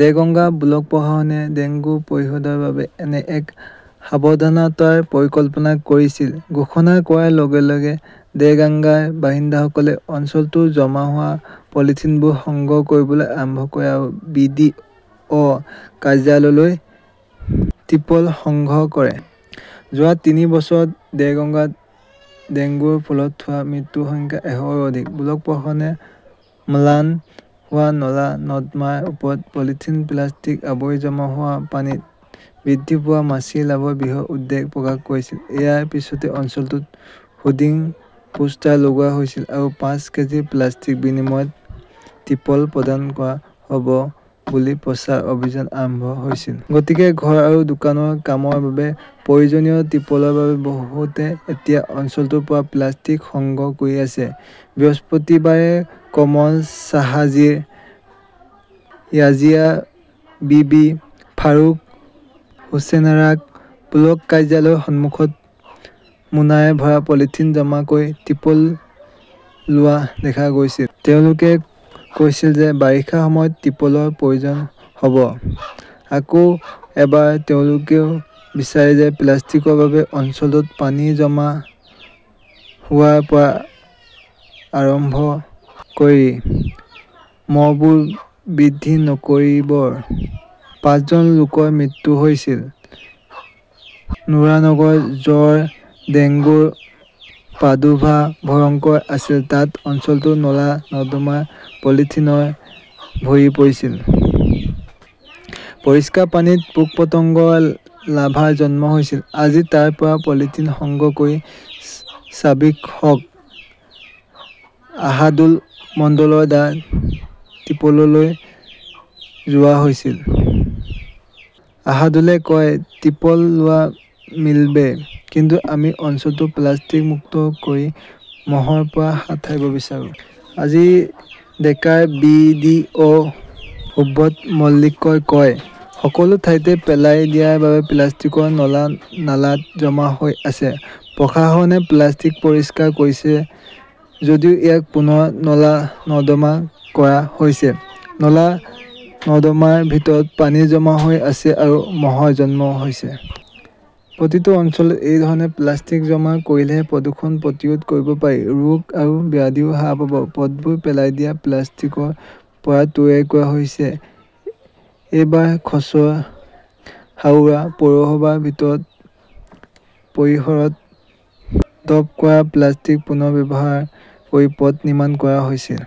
Deganga block প্ৰশাসনে dengue প্ৰতিৰোধৰ বাবে এনে এক সাৱধানতাৰ পৰিকল্পনা কৰিছিল। ঘোষণা কৰাৰ লগে -লগে দেগাঙ্গাৰ বাসিন্দাসকলে অঞ্চলটোৰ জমা হোৱা পলিথিনবোৰ সংগ্ৰহ কৰিবলৈ আৰম্ভ কৰে আৰু বি. ডি. অ কাৰ্যালয়লৈ ট্ৰিপল সংগ্ৰহ কৰে। যোৱা তিনি বছৰত দেগঙ্গাত ডেংগুৰ ফলত হোৱা মৃত্যুৰ সংখ্যা এশৰো অধিক। ব্লক প্ৰশাসনে ম্লান হোৱা নলা-নৰ্দমাৰ ওপৰত পলিথিন, প্লাষ্টিক আৱৰি জমা হোৱা পানীত বৃদ্ধি পোৱা মাছিৰ লাৰ্ভৰ বিষয়ে উদ্বেগ প্ৰকাশ কৰিছিল। ইয়াৰ পিছতে অঞ্চলটোত হোৰ্ডিং, পোষ্টাৰ লগোৱা হৈছিল আৰু পাঁচ কেজি প্লাষ্টিকৰ বিনিময়ত ত্ৰিপল প্ৰদান কৰা হ'ব বুলি প্ৰচাৰ অভিযান আৰম্ভ হৈছিল। গতিকে ঘৰ আৰু দোকানৰ কামৰ বাবে প্ৰয়োজনীয় ত্ৰিপলৰ বাবে বহুতে এতিয়া অঞ্চলটোৰ পৰা প্লাষ্টিক সংগ্ৰহ কৰি আছে। বৃহস্পতিবাৰে কমল চাহাজী, ৰাজিয়া বিবি, ফাৰুক হোছেনেৰাক ব্লক কাৰ্যালয়ৰ সন্মুখত মোনাৰে ভৰা পলিথিন জমা কৰি ট্ৰিপল লোৱা দেখা গৈছিল। তেওঁলোকে কৈছিল যে, বাৰিষাৰ সময়ত ত্ৰিপলৰ প্ৰয়োজন হ 'ব ।আকৌ এবাৰ তেওঁলোকেও বিচাৰে যে প্লাষ্টিকৰ বাবে অঞ্চলটোত পানী জমা হোৱাৰ পৰা আৰম্ভ কৰি মহবোৰ বৃদ্ধি নকৰিব। পাঁচজন লোকৰ মৃত্যুও হৈছিল। নুৰানগৰত জ্বৰ, ডেংগুৰ প্ৰাদুৰ্ভাৱ ভয়ংকৰ আছিল তাত অঞ্চলটোৰ নলা-নৰ্দমা পলিথিনৰে ভৰি পৰিছিল। পৰিষ্কাৰ পানীত পোক-পতংগৰ লাৰ্ভাৰ জন্ম হৈছিল। আজি তাৰ পৰা পলিথিন সংগ্ৰহ কৰি চাবিক হক, আশাদুল মণ্ডলৰ দ্বাৰা ত্ৰিপললৈ লৈ যোৱা হৈছিল। আশাদুলে কয়, ত্ৰিপল তো মিলবে। কিন্তু আমি অঞ্চলটো প্লাষ্টিক মুক্ত কৰি মহৰ পৰা হাত সাৰিব বিচাৰো। আজি দেগাৰ বি. ডি. অ সুব্ৰত মল্লিকই কয়, সকলো ঠাইতে পেলাই দিয়াৰ বাবে প্লাষ্টিকৰ নলা নালাত জমা হৈ আছে। প্ৰশাসনে প্লাষ্টিক পৰিষ্কাৰ কৰিছে যদিও ইয়াক পুনৰ নলা-নৰ্দমা কৰা হৈছে। নলা-নৰ্দমাৰ ভিতৰত পানী জমা হৈ আছে আৰু মহৰ জন্ম হৈছে। প্ৰতিটো অঞ্চলত এই ধৰণে প্লাষ্টিক জমা কৰিলেহে প্ৰদূষণ প্ৰতিৰোধ কৰিব পাৰি। ৰোগ আৰু ব্যাধিও হ্ৰাস পাব। পথবোৰ পেলাই দিয়া প্লাষ্টিকৰ পৰা তৈয়াৰ কৰা হৈছে এইবাৰ খছ হাওৰা পৌৰসভাৰ ভিতৰৰ পৰিসৰত ড্ৰপ কৰা প্লাষ্টিক পুনৰ ব্যৱহাৰ কৰি পথ নিৰ্মাণ কৰা হৈছিল।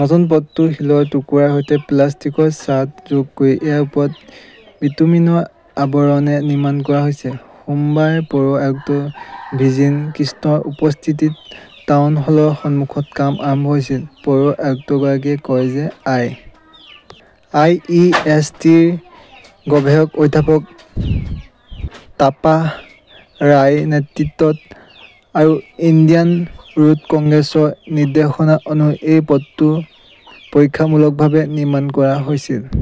নতুন পথটো শিলৰ টুকুৰাৰ সৈতে প্লাষ্টিকৰ ছাৰ্ট যোগ কৰি ইয়াৰ ওপৰত বিটুমিনৰ আৱৰণৰে নিৰ্মাণ কৰা হৈছে। সোমবাৰে পৌৰ আয়ুক্ত বিজিন কৃষ্ণৰ উপস্থিতিত টাউন হলৰ সন্মুখত কাম আৰম্ভ হৈছিল। পৌৰ আয়ুক্তগৰাকীয়ে কয় যে I. I. E. S. T. -ৰ গৱেষক অধ্যাপক তাপাস ৰায়ৰ নেতৃত্বত আৰু ইণ্ডিয়ান ৰোড কংগ্ৰেছৰ নিৰ্দেশনা অনুসৰি এই পথটো পৰীক্ষামূলকভাৱে নিৰ্মাণ কৰা হৈছিল।